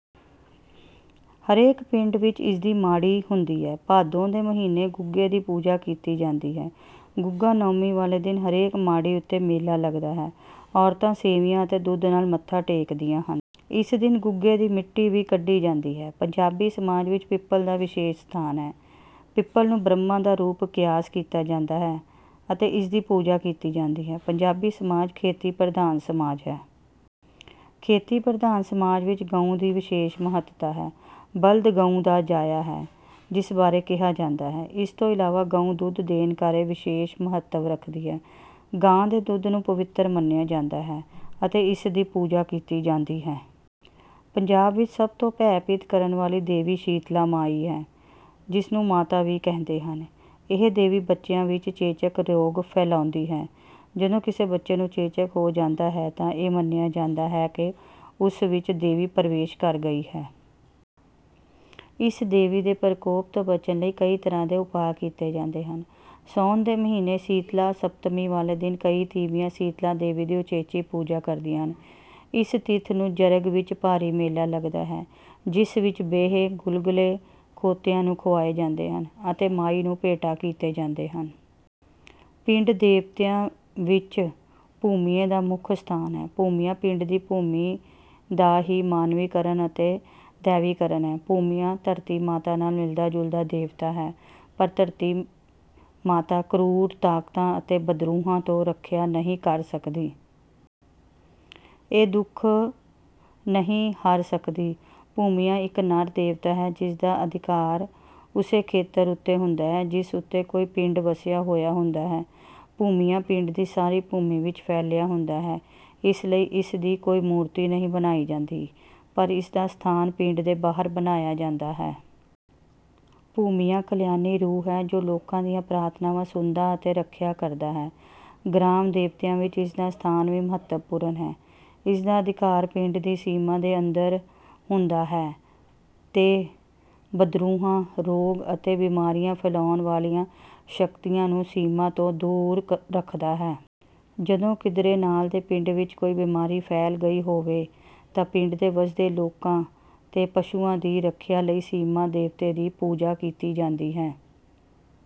ਹਰੇਕ ਪਿੰਡ ਵਿੱਚ ਇਸਦੀ ਮਾੜੀ ਹੁੰਦੀ ਹੈ। ਭਾਦੋਂ ਦੇ ਮਹੀਨੇ ਗੁੱਗੇ ਦੀ ਪੂਜਾ ਕੀਤੀ ਜਾਂਦੀ ਹੈ। ਗੁੱਗਾ ਨੌਮੀ ਵਾਲੇ ਦਿਨ ਹਰੇਕ ਮਾੜੀ ਉੱਤੇ ਮੇਲਾ ਲੱਗਦਾ ਹੈ। ਔਰਤਾਂ ਸੇਵੀਆਂ ਅਤੇ ਦੁੱਧ ਨਾਲ ਮੱਥਾ ਟੇਕਦੀਆਂ ਹਨ। ਇਸ ਦਿਨ ਗੁੱਗੇ ਦੀ ਮਿੱਟੀ ਵੀ ਕੱਢੀ ਜਾਂਦੀ ਹੈ। ਪੰਜਾਬੀ ਸਮਾਜ ਵਿੱਚ ਪਿੱਪਲ ਦਾ ਵਿਸ਼ੇਸ਼ ਸਥਾਨ ਹੈ। ਪਿੱਪਲ ਨੂੰ ਬ੍ਰਹਮਾ ਦਾ ਰੂਪ ਕਿਆਸ ਕੀਤਾ ਜਾਂਦਾ ਹੈ ਅਤੇ ਇਸਦੀ ਪੂਜਾ ਕੀਤੀ ਜਾਂਦੀ ਹੈ। ਪੰਜਾਬੀ ਸਮਾਜ ਖੇਤੀ-ਪ੍ਰਧਾਨ ਸਮਾਜ ਹੈ। ਖੇਤੀ-ਪ੍ਰਧਾਨ ਸਮਾਜ ਵਿੱਚ ਗਊ ਦੀ ਵਿਸ਼ੇਸ਼ ਮਹੱਤਤਾ ਹੈ। ਬਲਦ ਗਊ ਦਾ ਜਾਇਆ ਹੈ, ਜਿਸ ਬਾਰੇ ਕਿਹਾ ਜਾਂਦਾ ਹੈ। ਇਸ ਤੋਂ ਇਲਾਵਾ ਗਊ ਦੁੱਧ ਦੇਣ ਕਰਕੇ ਵਿਸ਼ੇਸ਼ ਮਹੱਤਵ ਰੱਖਦੀ ਹੈ। ਗਾਂ ਦੇ ਦੁੱਧ ਨੂੰ ਪਵਿੱਤਰ ਮੰਨਿਆ ਜਾਂਦਾ ਹੈ ਅਤੇ ਇਸਦੀ ਪੂਜਾ ਕੀਤੀ ਜਾਂਦੀ ਹੈ। ਪੰਜਾਬ ਵਿੱਚ ਸਭ ਤੋਂ ਭੈ-ਭੀਤ ਕਰਨ ਵਾਲੀ ਦੇਵੀ ਸੀਤਲਾ ਮਾਈ ਹੈ, ਜਿਸ ਨੂੰ ਮਾਤਾ ਵੀ ਕਹਿੰਦੇ ਹਨ। ਇਹ ਦੇਵੀ ਬੱਚਿਆਂ ਵਿੱਚ ਚੇਚਕ ਰੋਗ ਫੈਲਾਉਂਦੀ ਹੈ। ਜਦੋਂ ਕਿਸੇ ਬੱਚੇ ਨੂੰ ਚੇਚਕ ਹੋ ਜਾਂਦਾ ਹੈ ਤਾਂ ਇਹ ਮੰਨਿਆ ਜਾਂਦਾ ਹੈ ਕਿ ਉਸ ਵਿੱਚ ਦੇਵੀ ਪ੍ਰਵੇਸ਼ ਕਰ ਗਈ ਹੈ। ਇਸ ਦੇਵੀ ਦੇ ਪ੍ਰਕੋਪ ਤੋਂ ਬਚਣ ਲਈ ਕਈ ਤਰ੍ਹਾਂ ਦੇ ਉਪਾਅ ਕੀਤੇ ਜਾਂਦੇ ਹਨ। ਸਾਉਣ ਦੇ ਮਹੀਨੇ ਸੀਤਲਾ ਸਪਤਮੀ ਵਾਲੇ ਦਿਨ ਕਈ ਤੀਵੀਆਂ ਸੀਤਲਾ ਦੇਵੀ ਦੀ ਉਚੇਚੀ ਪੂਜਾ ਕਰਦੀਆਂ ਹਨ। ਇਸ ਤਿੱਥ ਨੂੰ ਜਰਗ ਵਿੱਚ ਭਾਰੀ ਮੇਲਾ ਲੱਗਦਾ ਹੈ, ਜਿਸ ਵਿੱਚ ਬੇਹੇ, ਗੁਲਗੁਲੇ ਖੋਤਿਆਂ ਨੂੰ ਖੁਆਏ ਜਾਂਦੇ ਹਨ ਅਤੇ ਮਾਈ ਨੂੰ ਭੇਟਾ ਕੀਤੇ ਜਾਂਦੇ ਹਨ। ਪਿੰਡ ਦੇਵਤਿਆਂ ਵਿੱਚ ਭੂਮੀਏ ਦਾ ਮੁੱਖ ਸਥਾਨ ਹੈ। ਭੂਮੀਆ ਪਿੰਡ ਦੀ ਭੂਮੀ ਦਾ ਹੀ ਮਾਨਵੀਕਰਣ ਅਤੇ ਦੈਵੀਕਰਣ ਹੈ। ਭੂਮੀਆ ਧਰਤੀ ਮਾਤਾ ਨਾਲ ਮਿਲਦਾ-ਜੁਲਦਾ ਦੇਵਤਾ ਹੈ, ਪਰ ਧਰਤੀ ਮਾਤਾ ਕਰੂਰ ਤਾਕਤਾਂ ਅਤੇ ਬਦਰੂਹਾਂ ਤੋਂ ਰਖਿਆ ਨਹੀਂ ਕਰ ਸਕਦੀ। ਇਹ ਦੁੱਖ ਨਹੀਂ ਹਰ ਸਕਦੀ। ਭੂਮੀਆ ਇੱਕ ਨਰ ਦੇਵਤਾ ਹੈ। ਇਸਦਾ ਅਧਿਕਾਰ ਉਸੇ ਖੇਤਰ ਉੱਤੇ ਹੁੰਦਾ ਹੈ, ਜਿਸ ਉੱਤੇ ਕੋਈ ਪਿੰਡ ਵਸਿਆ ਹੋਇਆ ਹੁੰਦਾ ਹੈ। ਭੂਮੀਆ ਪਿੰਡ ਦੀ ਸਾਰੀ ਭੂਮੀ ਵਿੱਚ ਫੈਲਿਆ ਹੁੰਦਾ ਹੈ, ਇਸ ਲਈ ਇਸਦੀ ਕੋਈ ਮੂਰਤੀ ਨਹੀਂ ਬਣਾਈ ਜਾਂਦੀ, ਪਰ ਇਸਦਾ ਅਸਥਾਨ ਪਿੰਡ ਦੇ ਬਾਹਰ ਬਣਾਇਆ ਜਾਂਦਾ ਹੈ। ਭੂਮੀਆ ਕਲਿਆਣੀ ਰੂਹ ਹੈ ਜੋ ਲੋਕਾਂ ਦੀਆਂ ਪ੍ਰਾਰਥਨਾਵਾਂ ਸੁਣਦਾ ਅਤੇ ਰਖਿਆ ਕਰਦਾ ਹੈ। ਗ੍ਰਾਮ-ਦੇਵਤਿਆਂ ਵਿੱਚ ਇਸਦਾ ਸਥਾਨ ਵੀ ਮਹੱਤਵਪੂਰਨ ਹੈ। ਇਸਦਾ ਅਧਿਕਾਰ ਪਿੰਡ ਦੀ ਸੀਮਾ ਦੇ ਅੰਦਰ ਹੁੰਦਾ ਹੈ ਤੇ ਬਦਰੂਹਾਂ, ਰੋਗ, ਅਤੇ ਬਿਮਾਰੀਆਂ ਫੈਲਾਉਣ ਵਾਲੀਆਂ ਸ਼ਕਤੀਆਂ ਨੂੰ ਸੀਮਾ ਤੋਂ ਦੂਰ ਰੱਖਦਾ ਹੈ। ਜਦੋਂ ਕਿਧਰੇ ਨਾਲ ਦੇ ਪਿੰਡ ਵਿੱਚ ਕੋਈ ਬਿਮਾਰੀ ਫੈਲ ਗਈ ਹੋਵੇ ਤਾਂ ਪਿੰਡ ਦੇ ਵਸਦੇ ਲੋਕਾਂ ਤੇ ਪਸ਼ੂਆਂ ਦੀ ਰਖਿਆ ਲਈ ਸੀਮਾ-ਦੇਵਤੇ ਦੀ ਪੂਜਾ ਕੀਤੀ ਜਾਂਦੀ ਹੈ।